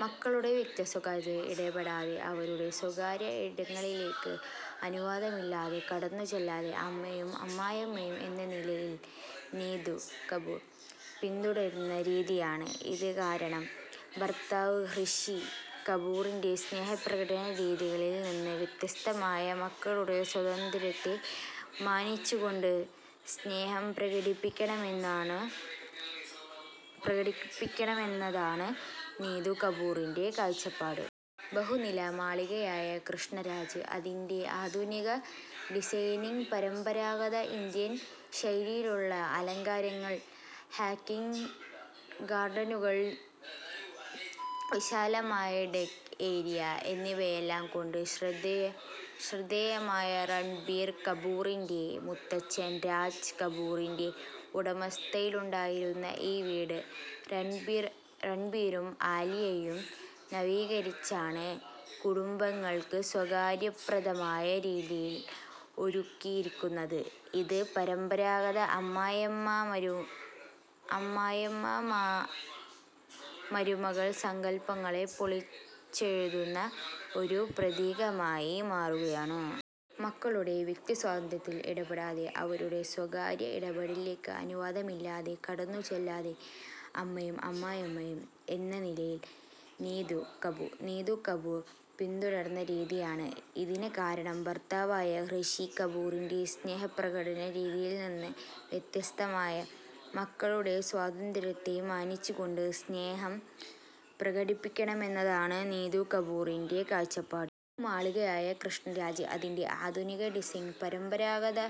മക്കളുടെ വ്യക്തിസ്വാതന്ത്ര്യത്തിൽ ഇടപെടാതെ, അവരുടെ സ്വകാര്യ ഇടങ്ങളിലേക്ക് അനുവാദമില്ലാതെ കടന്നുചെല്ലാതെ, അമ്മയും അമ്മായിയമ്മയും എന്ന നിലയിൽ നീതു കപൂർ പിന്തുടരുന്ന രീതിയാണ് ഇതിന് കാരണം. ഭർത്താവായ ഋഷി കപൂറിൻ്റെ സ്നേഹപ്രകടന രീതികളിൽ നിന്ന് വ്യത്യസ്തമായി, മക്കളുടെ സ്വാതന്ത്ര്യത്തെ മാനിച്ചുകൊണ്ട് സ്നേഹം പ്രകടിപ്പിക്കണമെന്നതാണ് നീതു കപൂറിൻ്റെ കാഴ്ചപ്പാട്. ബഹുനില മാളികയായ 'കൃഷ്ണ രാജ്', അതിൻ്റെ ആധുനിക ഡിസൈനിംഗ്, പരമ്പരാഗത ഇന്ത്യൻ ശൈലിയിലുള്ള അലങ്കാരങ്ങൾ, ഹാങ്ങിങ് ഗാർഡനുകൾ, വിശാലമായ ഡെക്ക് ഏരിയ എന്നിവയെല്ലാം കൊണ്ട് ശ്രദ്ധേയമാണ്. രൺബീർ കപൂറിൻ്റെ മുത്തച്ഛൻ രാജ് കപൂറിൻ്റെ ഉടമസ്ഥതയിലുണ്ടായിരുന്ന ഈ വീട്, രൺബീറും ആലിയയും നവീകരിച്ചാണ് കുടുംബാംഗങ്ങൾക്ക് സൗകര്യപ്രദമായ രീതിയിൽ ഒരുക്കിയിരിക്കുന്നത്, ഇത് പരമ്പരാഗത അമ്മായിയമ്മ-മരുമകൾ സങ്കൽപ്പങ്ങളെ പൊളിച്ചെഴുതുന്ന ഒരു പ്രതീകമായി മാറുകയാണ്. മക്കളുടെ വ്യക്തിസ്വാതന്ത്ര്യത്തിൽ ഇടപെടാതെ, അവരുടെ സ്വകാര്യ ഇടങ്ങളിലേക്ക് അനുവാദമില്ലാതെ കടന്നുചെല്ലാതെ, അമ്മയും അമ്മായിയമ്മയും എന്ന നിലയിൽ നീതു കപൂർ പിന്തുടരുന്ന രീതിയാണ് ഇതിന് കാരണം. ഭർത്താവായ ഋഷി കപൂറിൻ്റെ സ്നേഹപ്രകടന രീതികളിൽ നിന്ന് വ്യത്യസ്തമായി, മക്കളുടെ സ്വാതന്ത്ര്യത്തെ മാനിച്ചുകൊണ്ട് സ്നേഹം പ്രകടിപ്പിക്കണമെന്നതാണ് നീതു കപൂറിൻ്റെ കാഴ്ചപ്പാട്. ബഹുനില മാളികയായ 'കൃഷ്ണ രാജ്', അതിൻ്റെ ആധുനിക ഡിസൈനിംഗ്, പരമ്പരാഗത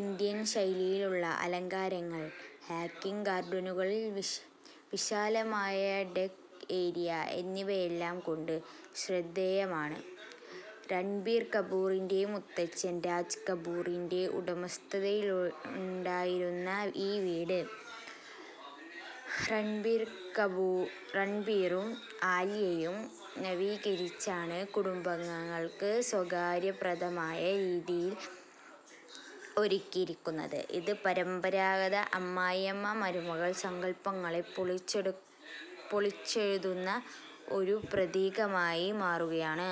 ഇന്ത്യൻ ശൈലിയിലുള്ള അലങ്കാരങ്ങൾ, ഹാങ്ങിങ് ഗാർഡനുകൾ, വിശാലമായ ഡെക്ക് ഏരിയ എന്നിവയെല്ലാം കൊണ്ട് ശ്രദ്ധേയമാണ്. രൺബീർ കപൂറിൻ്റെ മുത്തച്ഛൻ രാജ് കപൂറിൻ്റെ ഉടമസ്ഥതയിലുണ്ടായിരുന്ന ഈ വീട്, രൺബീറും ആലിയയും നവീകരിച്ചാണ് കുടുംബാംഗങ്ങൾക്ക് സൗകര്യപ്രദമായ രീതിയിൽ ഒരുക്കിയിരിക്കുന്നത്, ഇത് പരമ്പരാഗത അമ്മായിയമ്മ-മരുമകൾ സങ്കൽപ്പങ്ങളെ പൊളിച്ചെഴുതുന്ന ഒരു പ്രതീകമായി മാറുകയാണ്.